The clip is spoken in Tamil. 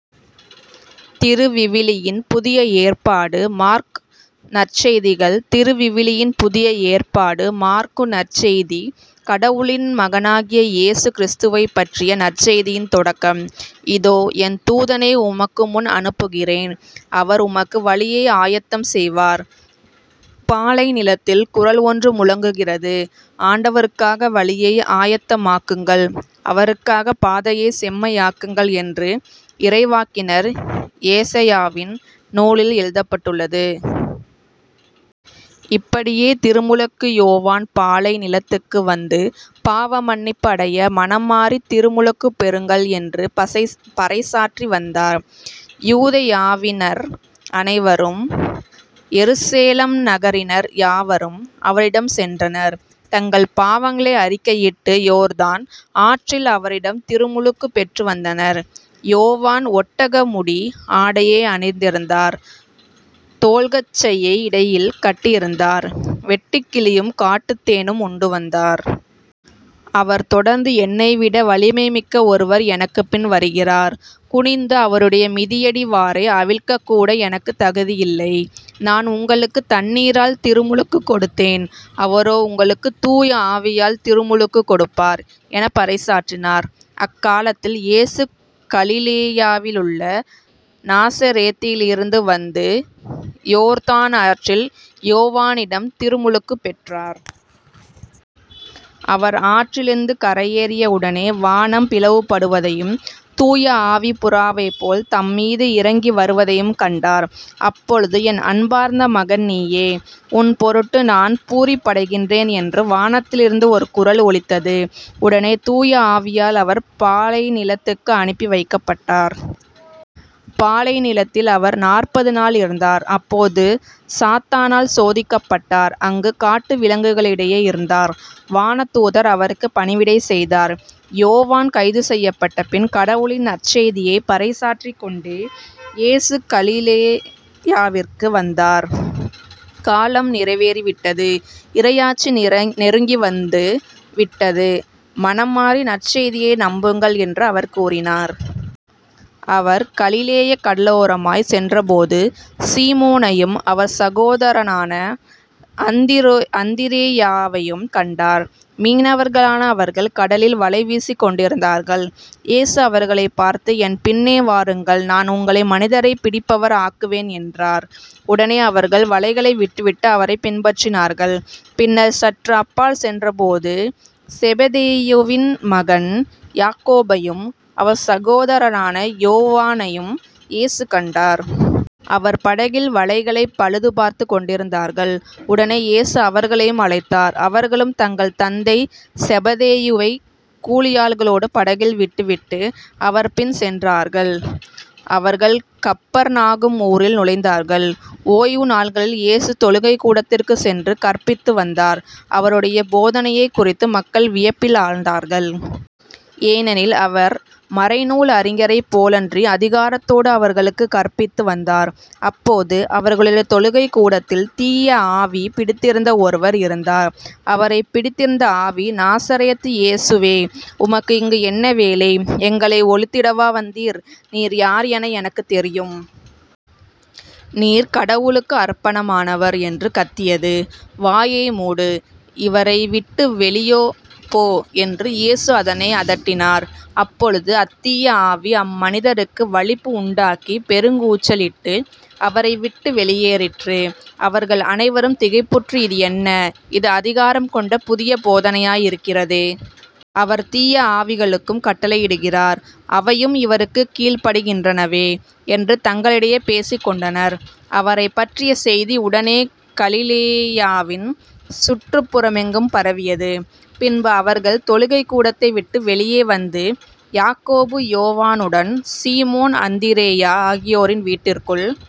திருவிவிலியம் புதிய ஏற்பாடு மார்க் நற்செய்திகள் திருவிவிலியம் புதிய ஏற்பாடு மாற்கு நற்செய்தி கடவுளின் மகனாகிய இயேசு கிறிஸ்துவைப் பற்றிய நற்செய்தியின் தொடக்கம் இதோ என் தூதனை உமக்குமுன் அனுப்புகிறேன் அவர் உமக்கு வழியை ஆயத்தம் செய்வார். பாலை நிலத்தில் குரல் ஒன்று முழங்குகிறது ஆண்டவருக்காக வழியை ஆயத்தமாக்குங்கள் அவருக்காகப் பாதையைச் செம்மையாக்குங்கள் என்று இறைவாக்கினர் எசாயாவின் நூலில் எழுதப்பட்டுள்ளது. இப்படியே திருமுழுக்கு யோவான் பாலை நிலத்துக்கு வந்து பாவ மன்னிப்பு அடைய மனம் மாறித் திருமுழுக்குப் பெறுங்கள் என்று பசை பறைசாற்றி வந்தார். யூதேயாவினர் அனைவரும் எருசலேம் நகரினர் யாவரும் அவரிடம் சென்றனர் தங்கள் பாவங்களை அறிக்கையிட்டு யோர்தான் ஆற்றில் அவரிடம் திருமுழுக்குப் பெற்று வந்தனர். யோவான் ஒட்டக முடி ஆடையை அணிந்திருந்தார் தோல்கச்சையை இடையில் கட்டியிருந்தார் வெட்டுக்கிளியும் காட்டுத்தேனும் உண்டு வந்தார். அவர் தொடர்ந்து என்னைவிட வலிமை மிக்க ஒருவர் எனக்குப்பின் வருகிறார். குனிந்து அவருடைய மிதியடி வாரை அவிழ்க்கக் கூட எனக்குத் தகுதியில்லை. நான் உங்களுக்குத் தண்ணீரால் திருமுழுக்குக் கொடுத்தேன் அவரோ உங்களுக்குத் தூய ஆவியால் திருமுழுக்குக் கொடுப்பார் எனப் பறைசாற்றினார். அக்காலத்தில் இயேசு கலிலேயாவிலுள்ள நாசரேத்திலிருந்து வந்து யோர்தான் ஆற்றில் யோவானிடம் திருமுழுக்குப் பெற்றார். அவர் ஆற்றிலிருந்து கரையேறிய உடனே வானம் பிளவுபடுவதையும் தூய ஆவி புறாவைப் போல் தம்மீது இறங்கிவருவதையும் கண்டார். அப்பொழுது என் அன்பார்ந்த மகன் நீயே, உன்பொருட்டு நான் பூரிப்படைகின்றேன் என்று வானத்திலிருந்து ஒரு குரல் ஒலித்தது. உடனே தூய ஆவியால் அவர் பாலைநிலத்துக்கு அனுப்பி வைக்கப்பட்டார். பாலை நிலத்தில் அவர் நாற்பது நாள் இருந்தார் அப்போது சாத்தானால் சோதிக்கப்பட்டார் அங்குக் காட்டு விலங்குகளிடையே இருந்தார். வானதூதர் அவருக்குப் பணிவிடை செய்தார். யோவான் கைதுசெய்யப்பட்டபின் கடவுளின் நற்செய்தியைப் பறைசாற்றிக் கொண்டே இயேசு கலிலேயாவிற்கு வந்தார். காலம் நிறைவேறிவிட்டது. இறையாட்சி நெருங்கி வந்து விட்டது மனம் மாறி நற்செய்தியை நம்புங்கள் என்று அவர் கூறினார். அவர் கலிலேயக் கடலோரமாய்ச் சென்றபோது சீமோனையும் அவர் சகோதரரான அந்திரோ அந்திரேயாவையும் கண்டார். மீனவர்களான அவர்கள் கடலில் வலை வீசிக்கொண்டிருந்தார்கள். இயேசு அவர்களைப் பார்த்து என் பின்னே வாருங்கள் நான் உங்களை மனிதரைப் பிடிப்பவர் ஆக்குவேன் என்றார். உடனே அவர்கள் வலைகளை விட்டுவிட்டு அவரைப் பின்பற்றினார்கள். பின்னர் சற்று அப்பால் சென்றபோது செபதேயுவின் மகன் யாக்கோபையும் அவர் சகோதரரான யோவானையும் இயேசு கண்டார். அவர்கள் படகில் வலைகளைப் பழுது பார்த்துக் கொண்டிருந்தார்கள். உடனே இயேசு அவர்களையும் அழைத்தார். அவர்களும் தங்கள் தந்தை செபதேயுவைக் கூலியாள்களோடு படகில் விட்டுவிட்டு அவர் பின் சென்றார்கள். அவர்கள் கப்பர்நாகும் ஊரில் நுழைந்தார்கள். ஓய்வு நாள்களில் இயேசு தொழுகைக்கூடத்திற்குச் சென்று கற்பித்து வந்தார். அவருடைய போதனையைக் குறித்து மக்கள் வியப்பில் ஆழ்ந்தார்கள். ஏனெனில் அவர் மறைநூல் அறிஞரைப் போலன்றி அதிகாரத்தோடு அவர்களுக்குக் கற்பித்து வந்தார். அப்போது அவர்களுடைய தொழுகைக்கூடத்தில் தீய ஆவி பிடித்திருந்த ஒருவர் இருந்தார். அவரைப் பிடித்திருந்த ஆவி நாசரேத்து இயேசுவே உமக்கு இங்கு என்ன வேலை? எங்களை ஒழித்துவிடவா வந்தீர்? நீர் யார் என எனக்குத் தெரியும். நீர் கடவுளுக்கு அர்ப்பணமானவர் என்று கத்தியது. வாயை மூடு இவரை விட்டு வெளியோ போ என்று இயேசு அதனை அதட்டினார். அப்பொழுது அத்தீய ஆவி அம்மனிதருக்கு வலிப்பு உண்டாக்கிப் பெருங்கூச்சலிட்டு அவரை விட்டு வெளியேறிற்று. அவர்கள் அனைவரும் திகைப்புற்று இது என்ன? இது அதிகாரம் கொண்ட புதிய போதனையாய் இருக்கிறதே. இவர் தீய ஆவிகளுக்கும் கட்டளையிடுகிறார் அவையும் இவருக்குக் கீழ்ப்படிகின்றனவே. என்று தங்களிடையே பேசிக் கொண்டனர். அவரைப் பற்றிய செய்தி உடனே கலிலேயாவின் சுற்றுப்புறமெங்கும் பரவியது. பின்பு அவர்கள் தொழுகைக் கூடத்தை விட்டு வெளியே வந்து யாக்கோபு யோவானுடன் சீமோன் அந்திரேயா ஆகியோரின் வீட்டிற்குள்